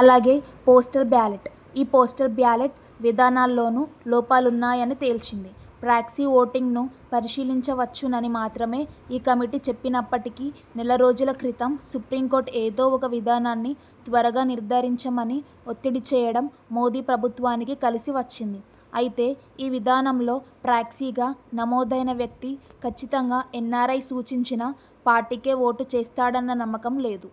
అలాగే, postal ballot, e postal ballot విధానాల్లోనూ లోపాలున్నాయని తేల్చింది. ప్రాక్సీ ఓటింగ్ను పరిశీలించవచ్చునని మాత్రమే ఈ కమిటీ చెప్పినప్పటికీ, నెలరోజుల క్రితం సుప్రీంకోర్టు ఏదో ఒక విధానాన్ని త్వరగా నిర్థారించమని ఒత్తిడిచేయడం మోదీ ప్రభుత్వానికి కలిసివచ్చింది. అయితే, ఈ విధానంలో ప్రాక్సీగా నమోదైన వ్యక్తి కచ్చితంగా ఎన్నారై సూచించిన పార్టీకే ఓటుచేస్తాడన్న నమ్మకం లేదు.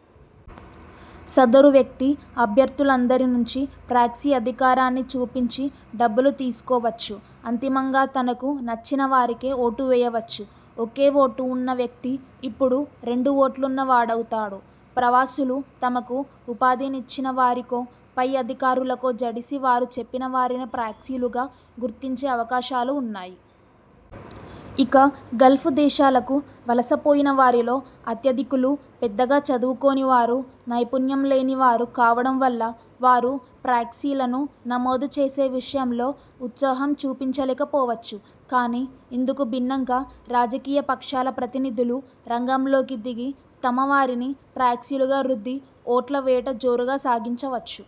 సదరు వ్యక్తి అభ్యర్థులందరినుంచీ ప్రాక్సీ అధికారాన్ని చూపించి డబ్బులు తీసుకోవచ్చు, అంతిమంగా తనకు నచ్చినవారికే ఓటువేయవచ్చు. ఒకే ఓటు వున్న వ్యక్తి ఇప్పుడు రెండు ఓట్లున్న వాడవుతాడు. ప్రవాసులు తమకు ఉపాధినిచ్చిన వారికో, పై అధికారులకో జడిసి వారు చెప్పిన వారినే ప్రాక్సీలుగా గుర్తించే అవకాశాలూ ఉన్నాయి. ఇక గల్ఫ్ దేశాలకు వలసపోయిన వారిలో అత్యధికులు పెద్దగా చదువుకోనివారు, నైపుణ్యంలేని వారు కావడం వల్ల వారు 'ప్రాక్సీ'లను నమోదు చేసే విషయంలో ఉత్సాహం చూపించకపోవచ్చు. కానీ, ఇందుకు భిన్నంగా రాజకీయపక్షాల ప్రతినిధులు రంగంలోకి దిగి తమవారిని ప్రాక్సీలుగా రుద్ది ఓట్ల వేట జోరుగా సాగించవచ్చు.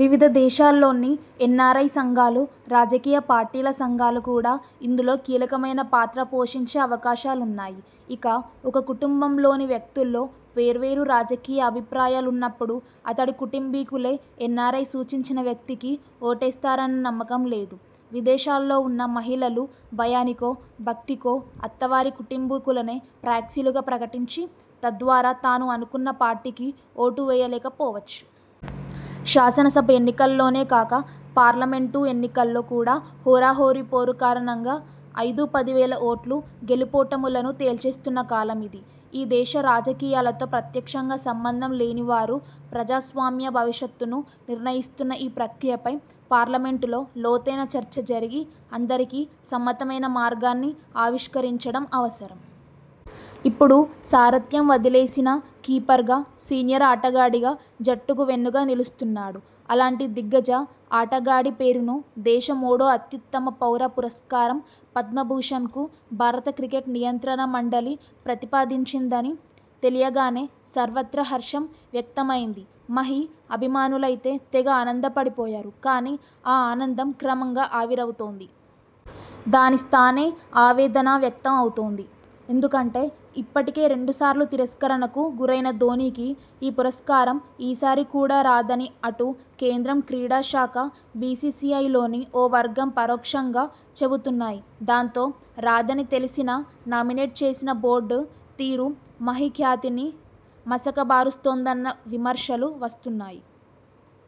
వివిధ దేశాల్లోని ఎన్నారై సంఘాలు, రాజకీయపార్టీల సంఘాలు కూడా ఇందులో కీలకమైన పాత్ర పోషించే అవకాశాలున్నాయి. ఇక, ఒక కుటుంబంలోని వ్యక్తుల్లో వేర్వేరు రాజకీయ అభిప్రాయాలున్నప్పుడు అతడి కుటుంబీకులే ఎన్నారై సూచించిన వ్యక్తికి ఓటేస్తారన్న నమ్మకం లేదు. విదేశాల్లో ఉన్న మహిళలు భయానికో, భక్తికో అత్తవారి కుటుంబీకులనే ప్రాక్సీలుగా ప్రకటించి తద్వారా తాను అనుకున్న పార్టీకి ఓటువేయలేకపోవచ్చు. శాసనసభ ఎన్నికల్లోనే కాక, పార్లమెంటు ఎన్నికల్లో కూడా హోరాహోరీ పోరు కారణంగా ఐదుపదివేల ఓట్లు గెలుపోటములను తేల్చేస్తున్న కాలమిది. ఈ దేశ రాజకీయాలతో ప్రత్యక్షంగా సంబంధం లేనివారు ప్రజాస్వామ్య భవిష్యత్తును నిర్ణయిస్తున్న ఈ ప్రక్రియపై పార్లమెంటులో లోతైన చర్చ జరిగి అందరికీ సమ్మతమైన మార్గాన్ని ఆవిష్కరించడం అవసరం. ఇప్పుడు సారథ్యం వదిలేసినా కీపర్గా, సీనియర్ ఆటగాడిగా జట్టుకు వెన్నుగా నిలుస్తున్నాడు. అలాంటి దిగ్గజ ఆటగాడి పేరును దేశ మూడో అత్యుత్తమ పౌర పురస్కారం పద్మభూషణ్కు భారత క్రికెట్ నియంత్రణ మండలి ప్రతిపాదించిందని తెలియగానే సర్వత్రా హర్షం వ్యక్తమైంది. మహీ అభిమానులైతే తెగ ఆనందపడిపోయారు. కానీ, ఆ ఆనందం క్రమంగా ఆవిరవుతోంది. దాని స్థానే ఆవేదనా వ్యక్తం అవుతోంది. ఎందుకంటే ఇప్పటికే రెండుసార్లు తిరస్కరణకు గురైన ధోనీకి ఈ పురస్కారం ఈ సారి కూడా రాదని అటు కేంద్ర క్రీడా శాఖ బీసీసీఐలోని ఓ వర్గం పరోక్షంగా చెబుతున్నాయి. దాంతో, రాదని తెలిసినా నామినేట్ చేసిన బోర్డు తీరు మహీ ఖ్యాతిని మసకబారుస్తోందన్న విమర్శలు వస్తున్నాయి.